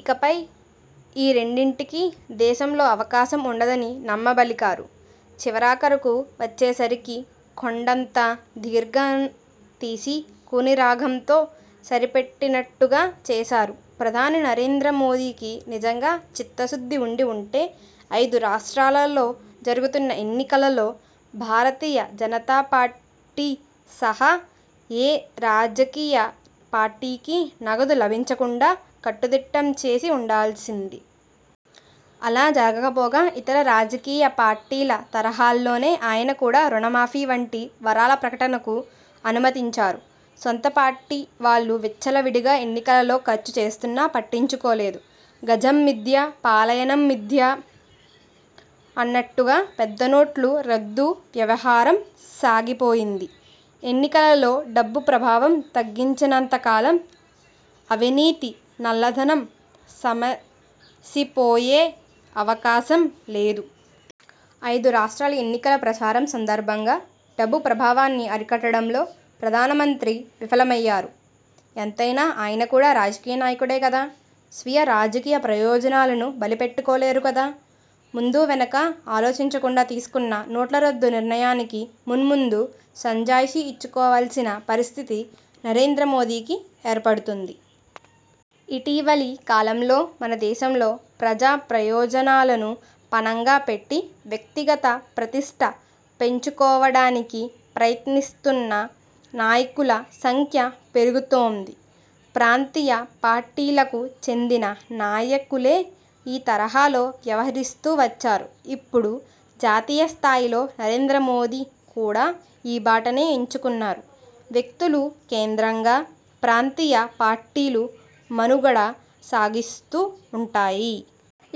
ఇకపై ఈ రెండింటికీ దేశంలో అవకాశం ఉండదని నమ్మబలికారు. చివరాఖరుకు వచ్చేసరికి కొండంత దీర్ఘం తీసి కూని రాగంతో సరిపెట్టినట్టుగా చేశారు. ప్రధాని నరేంద్ర మోదీకి నిజంగా చిత్తశుద్ధి ఉండి ఉంటే ఐదు రాష్ర్టాలలో జరుగుతున్న ఎన్నికలలో భారతీయ జనతాపార్టీ సహా ఏ రాజకీయ పార్టీకీ నగదు లభించకుండా కట్టుదిట్టం చేసి ఉండాల్సింది. అలా జరగకపోగా ఇతర రాజకీయ పార్టీల తరహాలోనే ఆయన కూడా రుణమాఫీ వంటి వరాల ప్రకటనకు అనుమతించారు. సొంత పార్టీ వాళ్లు విచ్చలవిడిగా ఎన్నికలలో ఖర్చు చేస్తున్నా పట్టించుకోలేదు. గజం మిథ్య పలాయనం మిథ్య అన్నట్టుగా పెద్దనోట్ల రద్దు వ్యవహారం సాగిపోయింది. ఎన్నికలలో డబ్బు ప్రభావం తగ్గించనంత కాలం అవినీతి, నల్లధనం సమసిపోయే అవకాశం లేదు. ఐదు రాష్ర్టాల ఎన్నికల ప్రచారం సందర్భంగా డబ్బు ప్రభావాన్ని అరికట్టడంలో ప్రధానమంత్రి విఫలమయ్యారు. ఎంతైనా ఆయన కూడా రాజకీయ నాయకుడే కదా! స్వీయ రాజకీయ ప్రయోజనాలను బలిపెట్టుకోలేరు కదా! ముందూవెనుకా ఆలోచించకుండా తీసుకున్న నోట్ల రద్దు నిర్ణయానికి మున్ముందు సంజాయిషీ ఇచ్చుకోవలసిన పరిస్థితి నరేంద్ర మోదీకి ఏర్పడుతుంది. ఇటీవలి కాలంలో మన దేశంలో ప్రజాప్రయోజనాలను పణంగా పెట్టి వ్యక్తిగత ప్రతిష్ఠ పెంచుకోవడానికి ప్రయత్నిస్తున్న నాయకుల సంఖ్య పెరుగుతోంది. ప్రాంతీయ పార్టీలకు చెందిన నాయకులే ఈ తరహాలో వ్యవహరిస్తూ వచ్చారు. ఇప్పుడు జాతీయ స్థాయిలో నరేంద్ర మోదీ కూడా ఈ బాటనే ఎంచుకున్నారు. వ్యక్తులు కేంద్రంగా ప్రాంతీయ పార్టీలు మనుగడ సాగిస్తూ ఉంటాయి.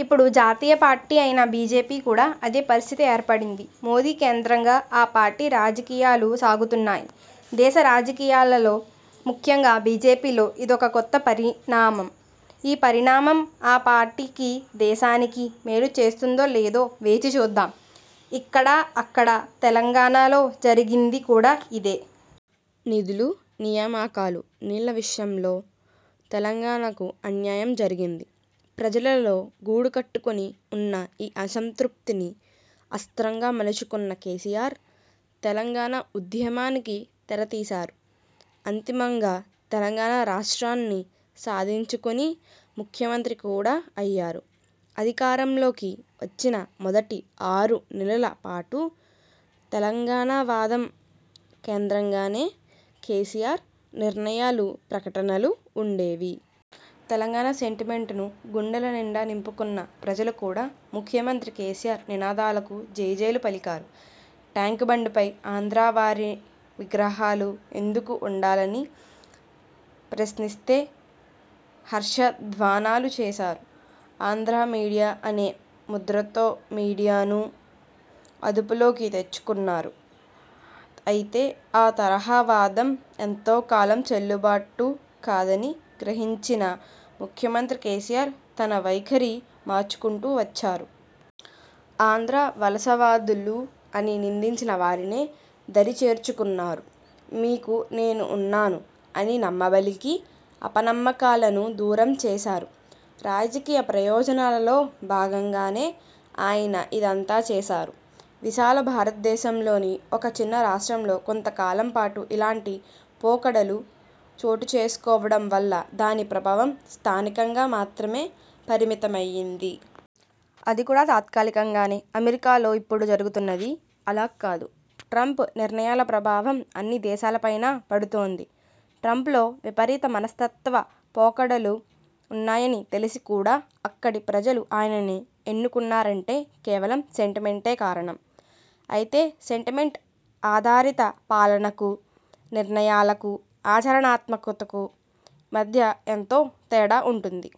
ఇప్పుడు జాతీయపార్టీ అయిన బీజేపీకి కూడా అదే పరిస్థితి ఏర్పడింది. మోదీ కేంద్రంగా ఆ పార్టీ రాజకీయాలు సాగుతున్నాయి. దేశ రాజకీయాలలో, ముఖ్యంగా బీజేపీలో ఇదొక కొత్త పరిణామం! ఈ పరిణామం ఆ పార్టీకి, దేశానికి మేలు చేస్తుందో లేదో వేచిచూద్దాం! ఇక్కడా అక్కడా! తెలంగాణలో జరిగింది కూడా ఇదే! నిధులు, నియామకాలు, నీళ్ల విషయంలో తెలంగాణకు అన్యాయం జరిగింది. ప్రజలలో గూడుకట్టుకుని ఉన్న ఈ అసంతృప్తిని అస్త్రంగా మలచుకున్న కేసీఆర్ తెలంగాణ ఉద్యమానికి తెరతీశారు. అంతిమంగా తెలంగాణ రాష్ర్టాన్ని సాధించుకుని ముఖ్యమంత్రి కూడా అయ్యారు. అధికారంలోకి వచ్చిన మొదటి ఆరు నెలలపాటు తెలంగాణవాదం కేంద్రంగానే కేసీఆర్ నిర్ణయాలు, ప్రకటనలు ఉండేవి. తెలంగాణ సెంటిమెంట్ను గుండెలనిండా నింపుకొన్న ప్రజలు కూడా ముఖ్యమంత్రి కేసీఆర్ నినాదాలకు జేజేలు పలికారు. ట్యాంక్బండ్పై ఆంధ్రావారి విగ్రహాలు ఎందుకు ఉండాలని ప్రశ్నిస్తే హర్షధ్వానాలు చేశారు. ఆంధ్రా మీడియా అనే ముద్రతో మీడియాను అదుపులోకి తెచ్చుకున్నారు. అయితే, ఆ తరహా వాదం ఎంతోకాలం చెల్లుబాటు కాదని గ్రహించిన ముఖ్యమంత్రి కేసీఆర్ తన వైఖరి మార్చుకుంటూ వచ్చారు. ఆంధ్రా వలసవాదులు అని నిందించిన వారినే దరిచేర్చుకున్నారు. 'మీకు నేను ఉన్నాను' అని నమ్మబలికి అపనమ్మకాలను దూరంచేశారు. రాజకీయ ప్రయోజనాలలో భాగంగానే ఆయన ఇదంతా చేశారు. విశాల భారతదేశంలోని ఒక చిన్న రాష్ట్రంలో కొంతకాలంపాటు ఇలాంటి పోకడలు చోటుచేసుకోవడం వల్ల దాని ప్రభావం స్థానికంగా మాత్రమే పరిమితమయ్యింది. అది కూడా తాత్కాలికంగానే! అమెరికాలో ఇప్పుడు జరుగుతున్నది అలా కాదు. ట్రంప్ నిర్ణయాల ప్రభావం అన్ని దేశాలపైనా పడుతోంది. ట్రంప్లో విపరీత మనస్తత్వ పోకడలు ఉన్నాయని తెలిసీ కూడా అక్కడి ప్రజలు ఆయనను ఎన్నుకున్నారంటే కేవలం సెంటిమెంటే కారణం! అయితే, సెంటిమెంట్ ఆధారిత పాలనకు, నిర్ణయాలకు- ఆచరణాత్మకతకు మధ్య ఎంతో తేడా ఉంటుంది.